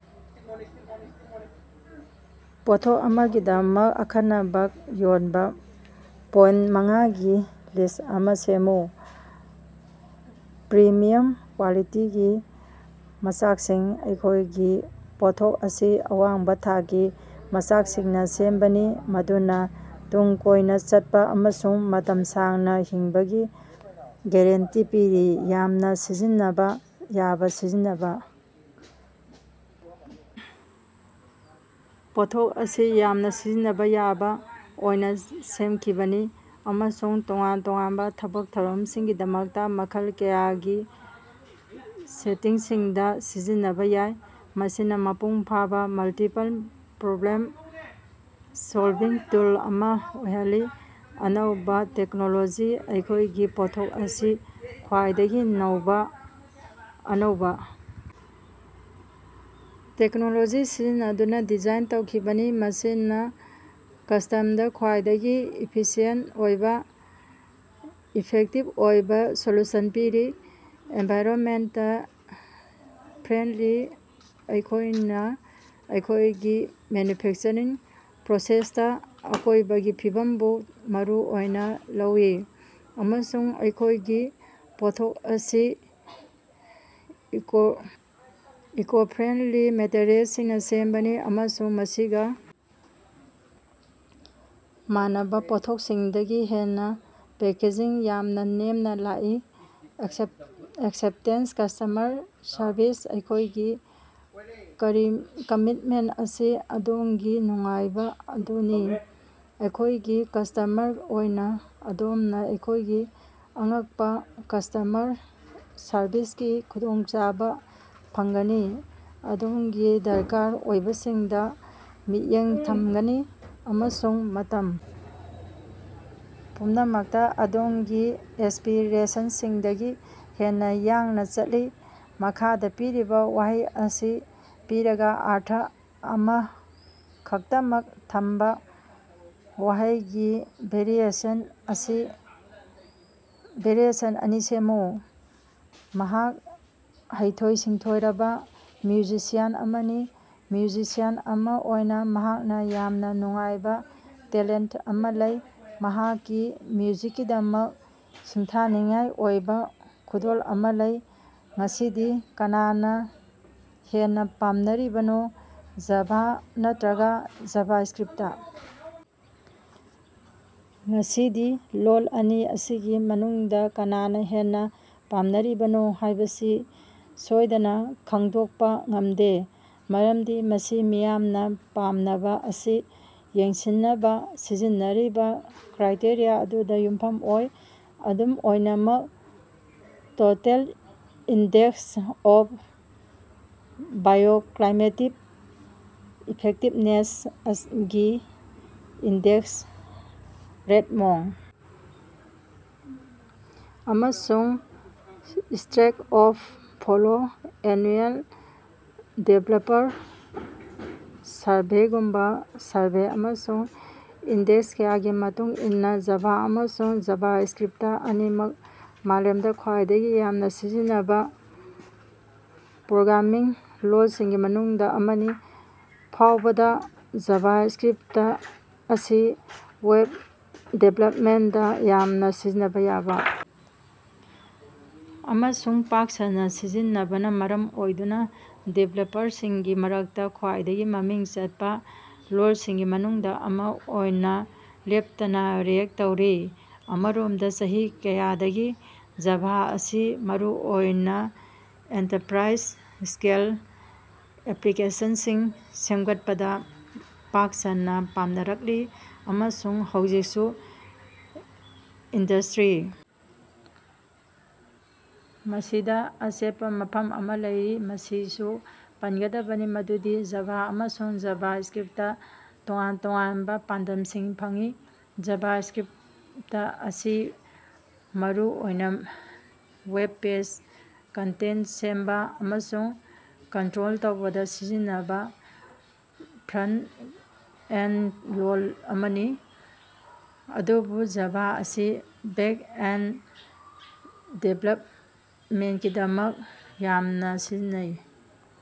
ꯄꯣꯠꯊꯣꯛ ꯑꯃꯒꯤꯗꯃꯛ ꯑꯈꯟꯅꯕ ꯌꯣꯟꯕ ꯄꯣꯏꯟꯇ ꯃꯉꯥꯒꯤ ꯂꯤꯁ꯭ꯠ ꯑꯃ ꯁꯦꯝꯃꯨ꯫ ꯄ꯭ꯔꯤꯃꯤꯌꯝ ꯀ꯭ꯕꯥꯂꯤꯇꯤꯒꯤ ꯃꯆꯥꯛꯁꯤꯡ: ꯑꯩꯈꯣꯏꯒꯤ ꯄꯣꯠꯊꯣꯛ ꯑꯁꯤ ꯑꯋꯥꯡꯕ ꯊꯥꯛꯀꯤ ꯃꯆꯥꯛꯁꯤꯡꯅ ꯁꯦꯝꯕꯅꯤ꯫ ꯃꯗꯨꯅ ꯇꯨꯡ ꯀꯣꯏꯅ ꯆꯠꯄ ꯑꯃꯁꯨꯡ ꯃꯇꯝ ꯁꯥꯡꯅ ꯍꯤꯡꯕꯒꯤ ꯒꯔꯦꯟꯇꯤ ꯄꯤꯔꯤ꯫ ꯌꯥꯝꯅ ꯁꯤꯖꯤꯟꯅꯕ ꯌꯥꯕ ꯁꯤꯖꯤꯟꯅꯕ: ꯄꯣꯠꯊꯣꯛ ꯑꯁꯤ ꯌꯥꯝꯅ ꯁꯤꯖꯤꯟꯅꯕ ꯌꯥꯕ ꯑꯣꯏꯅ ꯁꯦꯝꯈꯤꯕꯅꯤ꯫ ꯑꯃꯁꯨꯡ ꯇꯣꯉꯥꯟ ꯇꯣꯉꯥꯟꯕ ꯊꯕꯛ ꯊꯧꯔꯝꯁꯤꯡꯒꯤꯗꯃꯛꯇ ꯃꯈꯜ ꯀꯌꯥꯒꯤ ꯁꯦꯇꯤꯡꯁꯤꯡꯗ ꯁꯤꯖꯤꯟꯅꯕ ꯌꯥꯏ꯫ ꯃꯁꯤꯅ ꯃꯄꯨꯡ ꯐꯥꯕ ꯃꯜꯇꯤꯄꯜ ꯄ꯭ꯔꯣꯕ꯭ꯂꯦꯝ-ꯁꯣꯜꯕꯤꯡ ꯇꯨꯜ ꯑꯃ ꯑꯣꯏꯍꯜꯂꯤ꯫ ꯑꯅꯧꯕ ꯇꯦꯛꯅꯣꯂꯣꯖꯤ: ꯑꯩꯈꯣꯏꯒꯤ ꯄꯣꯠꯊꯣꯛ ꯑꯁꯤ ꯈ꯭ꯋꯥꯏꯗꯒꯤ ꯅꯧꯕ ꯑꯅꯧꯕ ꯇꯦꯛꯅꯣꯂꯣꯖꯤ ꯁꯤꯖꯤꯟꯅꯗꯨꯅ ꯗꯤꯖꯥꯏꯟ ꯇꯧꯈꯤꯕꯅꯤ꯫ ꯃꯁꯤꯅ ꯀꯁ꯭ꯇꯃꯔꯗ ꯈ꯭ꯋꯥꯏꯗꯒꯤ ꯏꯐꯤꯁꯤꯌꯦꯟꯇ ꯑꯃꯁꯨꯡ ꯏꯐꯦꯛꯇꯤꯕ ꯑꯣꯏꯕ ꯁꯣꯂꯨꯁꯟ ꯄꯤꯔꯤ꯫ ꯑꯦꯟꯚꯥꯏꯔꯟꯃꯦꯟꯇ ꯐ꯭ꯔꯦꯟꯗꯂꯤ: ꯑꯩꯈꯣꯏꯅ ꯑꯩꯈꯣꯏꯒꯤ ꯃꯦꯟꯌꯨꯐꯦꯛꯆ꯭ꯔꯤꯡ ꯄ꯭ꯔꯣꯁꯦꯁꯇ ꯑꯀꯣꯏꯕꯒꯤ ꯐꯤꯕꯝꯕꯨ ꯃꯔꯨ ꯑꯣꯏꯅ ꯂꯧꯏ꯫ ꯑꯃꯁꯨꯡ ꯑꯩꯈꯣꯏꯒꯤ ꯄꯣꯠꯊꯣꯛ ꯑꯁꯤ ꯏꯀꯣꯐ꯭ꯔꯦꯟꯗꯂꯤ ꯃꯦꯇꯔꯤꯑꯦꯜꯁꯤꯡꯅ ꯁꯦꯝꯕꯅꯤ꯫ ꯑꯃꯁꯨꯡ ꯃꯁꯤꯒ ꯃꯥꯟꯅꯕ ꯄꯣꯠꯊꯣꯛꯁꯤꯡꯗꯒꯤ ꯍꯦꯟꯅ ꯄꯦꯀꯦꯖꯤꯡ ꯌꯥꯝꯅ ꯅꯦꯝꯅ ꯂꯥꯛꯏ꯫ ꯑꯦꯛꯁꯦꯞꯇꯦꯟꯁ ꯀꯁ꯭ꯇꯃꯔ ꯁꯔꯕꯤꯁ: ꯑꯩꯈꯣꯏꯒꯤ ꯀꯃꯤꯠꯃꯦꯟꯇ ꯑꯁꯤ ꯑꯗꯣꯝꯒꯤ ꯅꯨꯡꯉꯥꯏꯕ ꯑꯗꯨꯅꯤ꯫ ꯑꯩꯈꯣꯏꯒꯤ ꯀꯁ꯭ꯇꯃꯔ ꯑꯣꯏꯅ ꯑꯗꯣꯝꯅ ꯑꯩꯈꯣꯏꯒꯤ ꯑꯉꯛꯄ ꯀꯁ꯭ꯇꯃꯔ ꯁꯔꯕꯤꯁꯀꯤ ꯈꯨꯗꯣꯡꯆꯥꯕ ꯐꯪꯒꯅꯤ꯫ ꯑꯗꯣꯝꯒꯤ ꯗꯔꯀꯥꯔ ꯑꯣꯏꯕꯁꯤꯡꯗ ꯃꯤꯠꯌꯦꯡ ꯊꯝꯒꯅꯤ ꯑꯃꯁꯨꯡ ꯃꯇꯝ ꯄꯨꯝꯅꯃꯛꯇ ꯑꯗꯣꯝꯒꯤ ꯑꯦꯁ꯭ꯄꯤꯔꯦꯁꯟꯁꯤꯡꯗꯒꯤ ꯍꯦꯟꯅ ꯌꯥꯡꯅ ꯆꯠꯀꯅꯤ꯫ ꯃꯈꯥꯗ ꯄꯤꯔꯤꯕ ꯋꯥꯍꯩ ꯑꯁꯤ ꯄꯤꯔꯒ ꯑꯔꯊ ꯑꯃꯈꯛꯇꯃꯛ ꯊꯝꯕ ꯋꯥꯍꯩꯒꯤ ꯚꯦꯔꯤꯑꯦꯁꯟ ꯑꯅꯤ ꯁꯦꯝꯃꯨ꯫ ꯃꯍꯥꯛ ꯍꯩꯊꯣꯏ-ꯁꯤꯡꯊꯣꯏꯔꯕ ꯃ꯭ꯌꯨꯖꯤꯁꯤꯌꯥꯟ ꯑꯃꯅꯤ꯫ ꯃ꯭ꯌꯨꯖꯤꯁꯤꯌꯥꯟ ꯑꯃ ꯑꯣꯏꯅ ꯃꯍꯥꯛꯅ ꯌꯥꯝꯅ ꯅꯨꯡꯉꯥꯏꯕ ꯇꯦꯂꯦꯟꯇ ꯑꯃ ꯂꯩ꯫ ꯃꯍꯥꯛꯀꯤ ꯃ꯭ꯌꯨꯖꯤꯛꯀꯤꯗꯃꯛ ꯁꯤꯡꯊꯥꯅꯤꯡꯉꯥꯏ ꯑꯣꯏꯕ ꯈꯨꯗꯣꯜ ꯑꯃ ꯂꯩ꯫ ꯉꯁꯤꯗꯤ ꯀꯅꯥꯅ ꯍꯦꯟꯅ ꯄꯥꯝꯅꯔꯤꯕꯅꯣ ꯖꯥꯚꯥ ꯅꯠꯇ꯭ꯔꯒ ꯖꯥꯚꯥꯁ꯭ꯀꯔꯤꯞꯇ? ꯉꯁꯤꯗꯤ ꯂꯣꯜ ꯑꯅꯤ ꯑꯁꯤꯒꯤ ꯃꯅꯨꯡꯗ ꯀꯅꯥꯅ ꯍꯦꯟꯅ ꯄꯥꯝꯅꯔꯤꯕꯅꯣ ꯍꯥꯏꯕꯁꯤ ꯁꯣꯏꯗꯅ ꯈꯪꯗꯣꯛꯄ ꯉꯝꯗꯦ꯫ ꯃꯔꯝꯗꯤ ꯃꯁꯤ ꯃꯤꯌꯥꯝꯅ ꯄꯥꯝꯅꯕ ꯑꯁꯤ ꯌꯦꯡꯁꯤꯟꯅꯕ ꯁꯤꯖꯤꯟꯅꯔꯤꯕ ꯀ꯭ꯔꯥꯏꯇꯦꯔꯤꯌꯥ ꯑꯗꯨꯗ ꯌꯨꯝꯐꯝ ꯑꯣꯏ꯫ ꯑꯗꯨꯝ ꯑꯣꯏꯅꯃꯛ total index of bioclimatic effectiveness ꯒꯤ ꯏꯟꯗꯦꯛꯁ ,ꯔꯦꯗꯃꯣꯡ, ꯑꯃꯁꯨꯡ ꯁ꯭ꯇꯦꯛ ꯑꯣꯚꯔꯐ꯭ꯂꯣ ꯑꯦꯅꯨꯑꯦꯜ ꯗꯤꯕꯦꯂꯄꯔ ꯁꯔꯚꯦꯒꯨꯝꯕ ꯁꯔꯚꯦ ꯑꯃꯁꯨꯡ ꯏꯟꯗꯦꯛꯁ ꯀꯌꯥꯒꯤ ꯃꯇꯨꯡ ꯏꯟꯅꯥ ꯖꯥꯚꯥ ꯑꯃꯁꯨꯡ ꯖꯥꯚꯥꯁ꯭ꯀꯔꯤꯞꯇ ꯑꯅꯤꯃꯛ ꯃꯥꯂꯦꯝꯗ ꯈ꯭ꯋꯥꯏꯗꯒꯤ ꯌꯥꯝꯅ ꯁꯤꯖꯤꯟꯅꯕ ꯄ꯭ꯔꯣꯒ꯭ꯔꯥꯝꯃꯤꯡ ꯂꯣꯜꯁꯤꯡꯒꯤ ꯃꯅꯨꯡꯗ ꯑꯃꯅꯤ꯫ ꯐꯥꯎꯕꯗ, ꯖꯥꯚꯥꯁ꯭ꯛꯔꯤꯞꯇ ꯑꯁꯤ ꯋꯦꯕ ꯗꯤꯕꯦꯂꯄꯃꯦꯟꯇꯗ ꯌꯥꯝꯅ ꯁꯤꯖꯤꯟꯅꯕ ꯌꯥꯕ ꯑꯃꯁꯨꯡ ꯄꯥꯛ ꯁꯟꯅ ꯁꯤꯖꯤꯟꯅꯕꯅ ꯃꯔꯝ ꯑꯣꯏꯗꯨꯅ ꯗꯤꯕꯦꯂꯄꯔꯁꯤꯡꯒꯤ ꯃꯔꯛꯇꯥ ꯈ꯭ꯋꯥꯏꯗꯒꯤ ꯃꯃꯤꯡ ꯆꯠꯄ ꯂꯣꯜꯁꯤꯡꯒꯤ ꯃꯅꯨꯡꯗ ꯑꯃ ꯑꯣꯏꯅ ꯂꯦꯞꯇꯅ ꯔꯦꯉ꯭ꯛ ꯇꯧꯔꯤ꯫ ꯑꯃꯔꯣꯝꯗ, ꯆꯍꯤ ꯀꯌꯥꯗꯒꯤ ꯖꯥꯚꯥ ꯑꯁꯤ ꯃꯔꯨꯑꯣꯏꯅ ꯑꯦꯟꯇꯔꯄ꯭ꯔꯥꯏꯖ-ꯁ꯭ꯀꯦꯜ ꯑꯦꯞꯂꯤꯀꯦꯁꯟꯁꯤꯡ ꯁꯦꯝꯒꯠꯄꯗ ꯄꯥꯛ ꯁꯟꯅ ꯄꯥꯝꯅꯔꯛꯂꯤ ꯑꯃꯁꯨꯡ ꯍꯧꯖꯤꯛꯁꯨ ꯏꯟꯗꯁ꯭ꯇꯔꯤ ꯃꯁꯤꯗ ꯑꯆꯦꯠꯄ ꯃꯐꯝ ꯑꯃ ꯂꯩꯔꯤ꯫ ꯃꯁꯤꯃꯁꯨ ꯄꯟꯒꯗꯕꯅꯤ ꯃꯗꯨꯗꯤ ꯖꯥꯚꯥ ꯑꯃꯁꯨꯡ ꯖꯥꯚꯥꯁ꯭ꯛꯔꯤꯞꯇꯅ ꯇꯣꯉꯥꯟ ꯇꯣꯉꯥꯟꯕ ꯄꯥꯟꯗꯝꯁꯤꯡ ꯐꯪꯏ꯫ ꯖꯥꯚꯥꯁ꯭ꯀꯔꯤꯞꯇ ꯑꯁꯤ ꯃꯔꯨ ꯑꯣꯏꯅ ꯋꯦꯕ ꯄꯦꯖ ꯀꯟꯇꯦꯟꯇ ꯁꯦꯝꯕ ꯑꯃꯁꯨꯡ ꯀꯟꯇ꯭ꯔꯣꯜ ꯇꯧꯕꯗ ꯁꯤꯖꯤꯟꯅꯕ ꯐ꯭ꯔꯟꯇ-ꯑꯦꯟꯗ ꯂꯣꯜ ꯑꯃꯅꯤ꯫ ꯑꯗꯨꯕꯨ ꯖꯥꯚꯥ ꯑꯁꯤ ꯕꯦꯛ-ꯑꯦꯟꯗ ꯗꯤꯕꯦꯂꯄꯃꯦꯟꯇꯀꯤꯗꯃꯛ ꯌꯥꯝꯅ ꯁꯤꯖꯤꯟꯅꯩ꯫